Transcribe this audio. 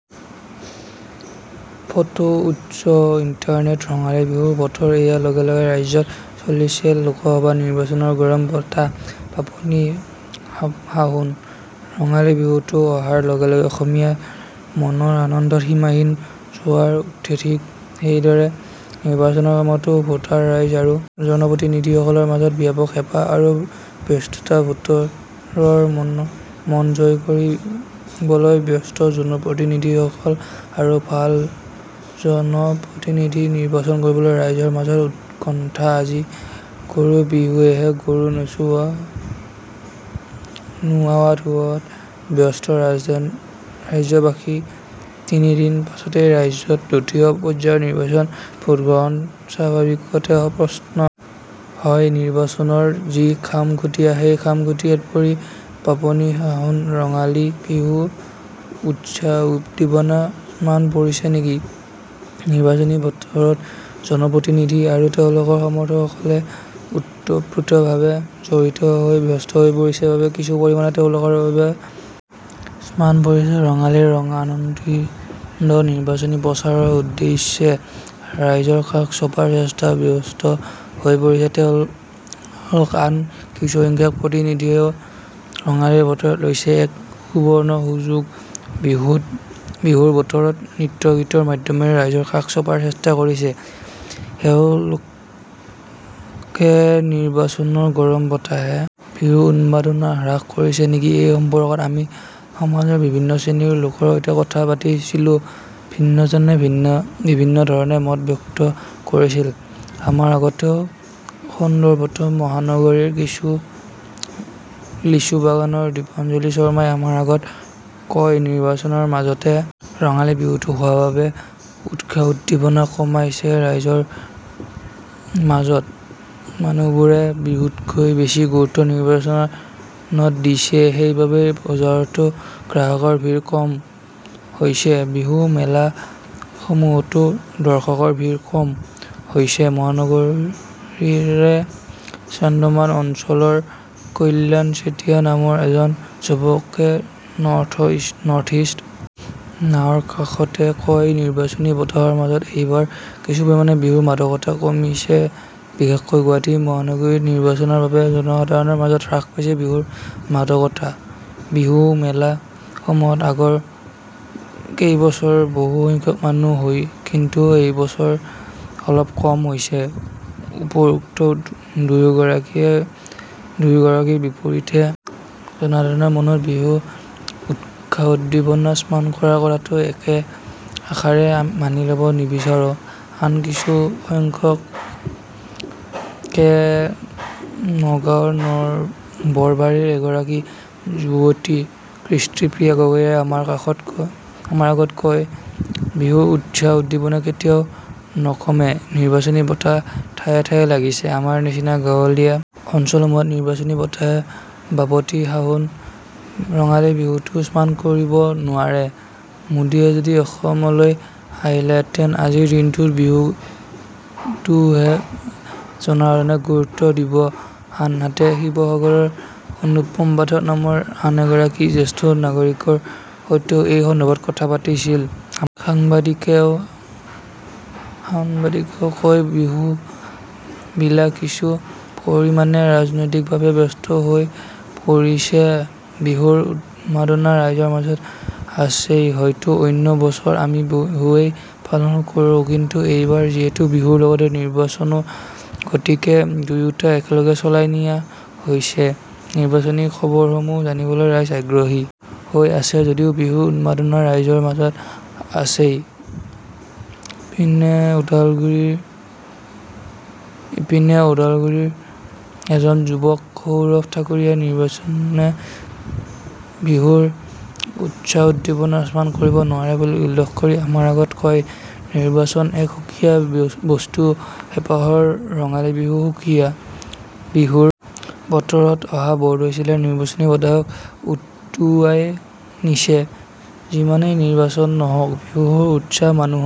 photo উৎস internet Rongali বিহুৰ বতৰ এয়া লগে লগে ৰাজ্যত বলিছে লোকসভা নিৰ্বাচনৰ গৰম বতাহবাপতি সাহোন ৰঙালী বিহুটি অহাৰ লগে লগে অসমীয়াৰ মনত আনন্দৰ সীমাহীন জোৱাৰ উঠেঠিক সেইদৰে নিৰ্বাচনৰ সময়তো ভোটাৰ ৰাইজ আৰু জনপ্ৰতিনিধিসকলৰ মনত ব্যাপক উৎসাহ আৰু ব্যস্ততাভোটাৰৰ মন জয় কৰিবলৈ ব্যস্ত জনপ্ৰতিনিধিসকল আৰু ভাল জন প্ৰতিনিধি নিৰ্বাচন কৰিবলৈ ৰাইজৰ মাজত উৎকন্ঠাআজি গৰু বিহুসেয়েহে গৰু নুওৱাধুওৱাত ব্যস্ত ৰাজ্যবাসীতিনিদিন পাছতেই ৰাজ্যত দ্বিতীয় পৰ্য্যায়ৰ নিৰ্বাচনৰ ভোটগ্ৰহণস্বাভাৱিকতে প্ৰশ্ন হয় নিৰ্বাচনৰ যি ধাম খুমীয়া সেই ধামখুমীয়াত পৰি বাপতিসাহন ৰঙালী বিহুৰ উৎসাহউদ্দীপনা ম্লান পৰিছে নেকি নিৰ্বাচনী বতৰত জনপ্ৰতিনিধি আৰু তেওঁলোকৰ সমৰ্থকসকল ওতঃপ্ৰোতঃভাৱে জড়িত থাকি ব্যস্ত হৈ পৰা বাবে কিছু পৰিমাণে তেওঁলোকৰ বাবে হয়তো ম্লান পৰিছে ৰঙালীৰ ৰঙআনন্দনিৰ্বাচনী প্ৰচাৰৰ উদ্দেশ্যে ৰাইজৰ কাষ চপাৰ চেষ্টাত ব্যস্ত হৈ পৰিছে তেওঁলোকআন কিছুসংখ্যক জনপ্ৰতিনিধিয়ে ৰঙালীৰ বতৰতে লৈছে এক সুবৰ্ণ সুযোগবিহুৰ বতৰত নৃত্যগীতৰ মাধ্যমেৰে ৰাইজৰ কাষ চপাৰ চেষ্টা কৰিছে এওঁলোকেনিৰ্বাচনৰ গৰম বতাহে বিহুৰ উন্মাদনা হ্ৰাস কৰিছে নেকি এই সম্পৰ্কত আমি সমাজৰ বিভিন্ন শ্ৰেণীৰ লোকৰ সৈতে কথা পাতিছিলোভিন্নজনে বিভিন্ন ধৰণে মত ব্যক্ত কৰিছিল আমাৰ আগতএই সন্দৰ্ভত মহানগৰীৰ লিচু বাগানৰ দীপাঞ্জলি শৰ্মাই আমাৰ আগত কয় নিৰ্বাচনৰ মাজতে ৰঙালী বিহুটো হোৱা বাবে উৎসাহউদ্দীপনা কমাইছে ৰাইজৰ মাজতমানুহবোৰে বিহুটোতকৈ বেছি গুৰুত্ব নিৰ্বাচনত দিছেসেইবাবে বজাৰতো গ্ৰাহকৰ ভিৰ কম হৈছেবিহু মেলা সমূহতো দৰ্শকৰ ভিৰ কম হৈছেমহানগৰীৰে চান্দমাৰি অঞ্চলৰ কল্যাণ চেতিয়া নামৰ এজন যুৱকে নৰ্থ ইষ্ট নাওৰ আগত কয় নিৰ্বাচনী বতাহৰ মাজত এইবাৰ কিছুপৰিমাণে বিহুৰ মাদকতা কমিছেবিশেষকৈ গুৱাহাটী মহানগৰীত নিৰ্বাচনৰ বাবে জনসাধাৰণৰ মাজত হ্ৰাস পাইছে বিহুৰ মাদকতাবিহুমেলা সমূহত আগৰ কেইবছৰ বহুসংখ্যক মানুহ হয়কিন্তু এইবছৰ অলপ কম হৈছেউপৰোক্ত দুয়োগৰাকীৰ বিপৰীতে জনসাধাৰণৰ মনত বিহুৰ উৎসাহউদ্দীপনা ম্লান পৰা কথাটো একে আষাৰে মানি লব নিবিচাৰে আন কিছুসংখ্যকেনগাওঁৰ বৰবাৰীৰ এগৰাকী যুৱতী কৃষ্টিপ্ৰিয়া গগৈয়ে আমাৰ আগত কয় বিহুৰ উৎসাহ উদ্দীপনা কেতিয়াও নকমেনিৰ্বাচনী বতাহ ঠায়ে ঠায়ে লাগিছেআমাৰ নিচিনা গাঁৱলীয়া অঞ্চলসমূহত নিৰ্বাচনী বতাহে বাপতি সাহোন ৰঙালী বিহুটো ম্লান কৰিব নোৱাৰেমোদীয়ো যদি অসমলৈ আহিলহেঁতেন আজিৰ দিনটোত বিহুটোকহে জনসাধাৰণে গুৰুত্ব দিবআনহাতে শিৱসাগৰৰ অনুপম পাঠক নামৰ আন এগৰাকী জ্যেষ্ঠ নাগৰিকৰ সৈতেও এই সন্দৰ্ভত কথা পাতিছিল আমাৰ সাংবাদিকেতেওঁ কয় মানুহবিলাক কিছু পৰিমাণে ৰাজনৈতিকভাৱে ব্যস্ত হৈ পৰিছেবিহুৰ উন্মাদনা ৰাইজৰ মাজত আছেইহয়তো অন্য বছৰ আমি বিহুৱেই পালন কৰোকিন্তু এইবাৰ যিহেতু বিহুৰ লগতে নিৰ্বাচনোগতিকে দুয়োটা একেলগে চলাই নিয়া হৈছেনিৰ্বাচনী খবৰসমূহ জানিবলৈ ৰাইজ আগ্ৰহী হৈ আছে যদিও বিহুৰ উন্মাদনা ৰাইজৰ মাজত আছেইপিনে ওদালগুৰিৰ এজন যুৱক সৌৰভ ঠাকুৰীয়াই নিৰ্বাচনে বিহুৰ উৎসাহউদ্দীপনা ম্লান কৰিব নোৱাৰে বুলি উল্লেখ কৰি আমাৰ আগত কয় নিৰ্বাচন এক সুকীয়া বস্তু হেঁপাহৰ ৰঙালী বিহু সুকীয়াবিহুৰ বতৰত অহা বৰদৈচিলাই নিৰ্বাচনী বতাহক উটুৱাই নিছেযিমানেই নিৰ্বাচন নহওঁক বিহুৰ উৎসাহ মানুহৰ